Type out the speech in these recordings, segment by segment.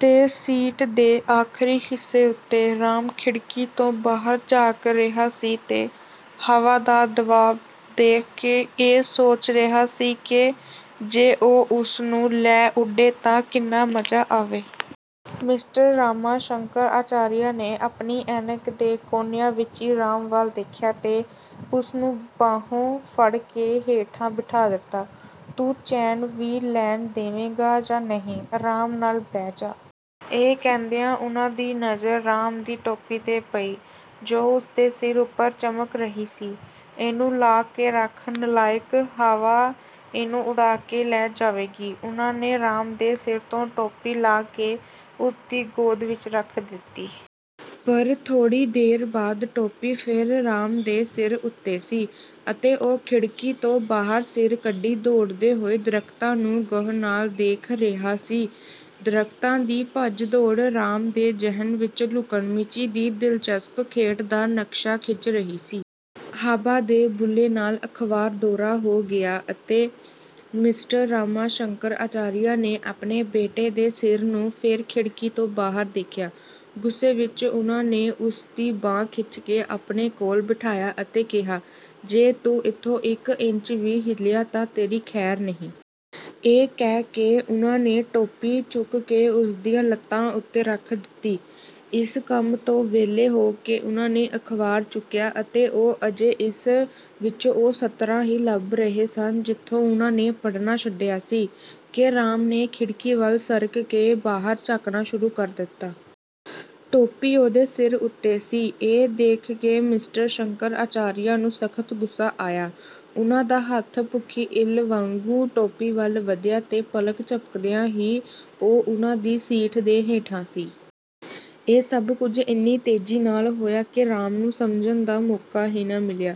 ਤੇ ਸੀਟ ਦੇ ਆਖਰੀ ਹਿੱਸੇ ਉਤੇ ਰਾਮ ਖਿੜਕੀ ਤੋਂ ਬਾਹਰ ਝਾਕ ਰਿਹਾ ਸੀ ਤੇ ਹਵਾ ਦਾ ਦਬਾਅ ਦੇਖ ਕੇ ਇਹ ਸੋਚ ਰਿਹਾ ਸੀ ਕਿ ਜੇ ਉਹ ਉਸ ਨੂੰ ਲੈ ਉਡੇ ਤਾਂ ਕਿੰਨਾ ਮਜ਼ਾ ਆਵੇ। ਮਿਸਟਰ ਰਾਮਾ ਸ਼ੰਕਰ ਅਚਾਰੀਆ ਨੇ ਆਪਣੀ ਐਨਕ ਦੇ ਕੋਣਿਆਂ ਵਿਚੀਂ ਰਾਮ ਵੱਲ ਦੇਖਿਆ ਤੇ ਉਸ ਨੂੰ ਬਾਹੋਂ ਫੜ ਕੇ ਹੇਠਾਂ ਬਿਠਾ ਦਿੱਤਾ। "ਤੂੰ ਚੈਨ ਵੀ ਲੈਣ ਦੇਵੇਂਗਾ ਜਾਂ ਨਹੀਂ, ਆਰਾਮ ਨਾਲ ਬਹਿ ਜਾ। " ਇਹ ਕਹਿੰਦਿਆਂ ਉਨ੍ਹਾਂ ਦੀ ਨਜ਼ਰ ਰਾਮ ਦੀ ਟੋਪੀ 'ਤੇ ਪਈ ਜੋ ਉਸ ਦੇ ਸਿਰ ਉਤੇ ਚਮਕ ਰਹੀ ਸੀ, "ਇਹਨੂੰ ਲਾਹ ਕੇ ਰੱਖ ਨਾਲਾਇਕ, ਹਵਾ ਇਹਨੂੰ ਉਡਾ ਕੇ ਲੈ ਜਾਵੇਗੀ। " ਉਨ੍ਹਾਂ ਨੇ ਰਾਮ ਦੇ ਸਿਰ ਤੋਂ ਟੋਪੀ ਲਾਹ ਕੇ ਉਸ ਦੀ ਗੋਦ ਵਿਚ ਰੱਖ ਦਿੱਤੀ। ਪਰ ਥੋੜ੍ਹੀ ਦੇਰ ਬਾਅਦ ਟੋਪੀ ਫੇਰ ਰਾਮ ਦੇ ਸਿਰ ਉਤੇ ਸੀ ਅਤੇ ਉਹ ਖਿੜਕੀ ਤੋਂ ਬਾਹਰ ਸਿਰ ਕੱਢੀ ਦੌੜਦੇ ਹੋਏ ਦਰਖਤਾਂ ਨੂੰ ਗਹੁ ਨਾਲ ਦੇਖ ਰਿਹਾ ਸੀ। ਦਰਖਤਾਂ ਦੀ ਭੱਜ ਦੌੜ ਰਾਮ ਦੇ ਜ਼ਿਹਨ ਵਿਚ ਲੁਕਣਮੀਚੀ ਦੀ ਦਿਲਚਸਪ ਖੇਡ ਦਾ ਨਕਸ਼ਾ ਖਿੱਚ ਰਹੀ ਸੀ। ਹਵਾ ਦੇ ਬੁੱਲੇ ਨਾਲ ਅਖਬਾਰ ਦੂਹਰਾ ਹੋ ਗਿਆ ਅਤੇ ਮਿਸਟਰ ਰਾਮਾ ਸ਼ੰਕਰ ਅਚਾਰੀਆ ਨੇ ਆਪਣੇ ਬੇਟੇ ਦੇ ਸਿਰ ਨੂੰ ਫੇਰ ਖਿੜਕੀ ਤੋਂ ਬਾਹਰ ਦੇਖਿਆ। ਗ਼ੁੱਸੇ ਵਿਚ ਉਨ੍ਹਾਂ ਨੇ ਉਸ ਦੀ ਬਾਂਹ ਖਿੱਚ ਕੇ ਆਪਣੇ ਕੋਲ ਬਿਠਾਇਆ ਅਤੇ ਕਿਹਾ, "ਜੇ ਤੂੰ ਇਥੋਂ ਇਕ ਇੰਚ ਵੀ ਹਿੱਲਿਆ ਤਾਂ ਤੇਰੀ ਖੈਰ ਨਹੀਂ। " ਇਹ ਕਹਿ ਕੇ ਉਨ੍ਹਾਂ ਨੇ ਟੋਪੀ ਚੁੱਕ ਕੇ ਉਸ ਦੀਆਂ ਲੱਤਾਂ ਉਤੇ ਰੱਖ ਦਿੱਤੀ। ਇਸ ਕੰਮ ਤੋਂ ਵਿਹਲੇ ਹੋ ਕੇ ਉਨ੍ਹਾਂ ਨੇ ਅਖਬਾਰ ਚੁੱਕਿਆ ਅਤੇ ਉਹ ਅਜੇ ਇਸ ਵਿਚੋਂ ਉਹ ਸਤਰਾਂ ਹੀ ਲੱਭ ਰਹੇ ਸਨ ਜਿੱਥੋਂ ਉਨ੍ਹਾਂ ਨੇ ਪੜ੍ਹਨਾ ਛੱਡਿਆ ਸੀ ਕਿ ਰਾਮ ਨੇ ਖਿੜਕੀ ਵੱਲ ਸਰਕ ਕੇ ਬਾਹਰ ਝਾਕਣਾ ਸ਼ੁਰੂ ਕਰ ਦਿੱਤਾ। ਟੋਪੀ ਉਹਦੇ ਸਿਰ ਉਤੇ ਸੀ। ਇਹ ਦੇਖ ਕੇ ਮਿਸਟਰ ਸ਼ੰਕਰ ਅਚਾਰੀਆ ਨੂੰ ਸਖਤ ਗ਼ੁੱਸਾ ਆਇਆ। ਉਨ੍ਹਾਂ ਦਾ ਹੱਥ ਭੁੱਖੀ ਇੱਲ੍ਹ ਵਾਂਗੂੰ ਟੋਪੀ ਵੱਲ ਵਧਿਆ ਤੇ ਪਲਕ ਝਪਕਦਿਆਂ ਹੀ ਉਹ ਉਨ੍ਹਾਂ ਦੀ ਸੀਟ ਦੇ ਹੇਠਾਂ ਸੀ। ਇਹ ਸਭ ਕੁਝ ਇੰਨੀ ਤੇਜੀ ਨਾਲ ਹੋਇਆ ਕਿ ਰਾਮ ਨੂੰ ਸਮਝਣ ਦਾ ਮੌਕਾ ਹੀ ਨਾ ਮਿਲਿਆ।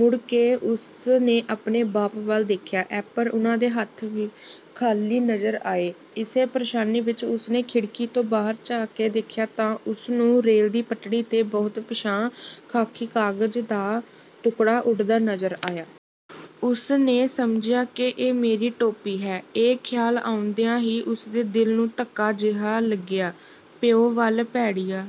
ਮੁੜ ਕੇ ਉਸ ਨੇ ਆਪਣੇ ਬਾਪ ਵੱਲ ਦੇਖਿਆ। ਐਪਰ ਉਨ੍ਹਾਂ ਦੇ ਹੱਥ ਖਾਲੀ ਨਜ਼ਰ ਆਏ। ਇਸੇ ਪ੍ਰੇਸ਼ਾਨੀ ਵਿਚ ਉਸ ਨੇ ਖਿੜਕੀ ਤੋਂ ਬਾਹਰ ਝਾਕ ਕੇ ਦੇਖਿਆ ਤਾਂ ਉਸ ਨੂੰ ਰੇਲ ਦੀ ਪਟੜੀ 'ਤੇ ਬਹੁਤ ਪਿਛਾਂਹ ਖਾਕੀ ਕਾਗ਼ਜ਼ ਦਾ ਟੁਕੜਾ ਉਡਦਾ ਨਜ਼ਰ ਆਇਆ। ਉਸ ਨੇ ਸਮਝਿਆ ਕਿ ਇਹ ਮੇਰੀ ਟੋਪੀ ਹੈ। ਇਹ ਖਿਆਲ ਆਉਂਦਿਆਂ ਹੀ ਉਸ ਦੇ ਦਿਲ ਨੂੰ ਧੱਕਾ ਜਿਹਾ ਲੱਗਿਆ। ਪਿਉ ਵੱਲ ਭੈੜੀਆਂ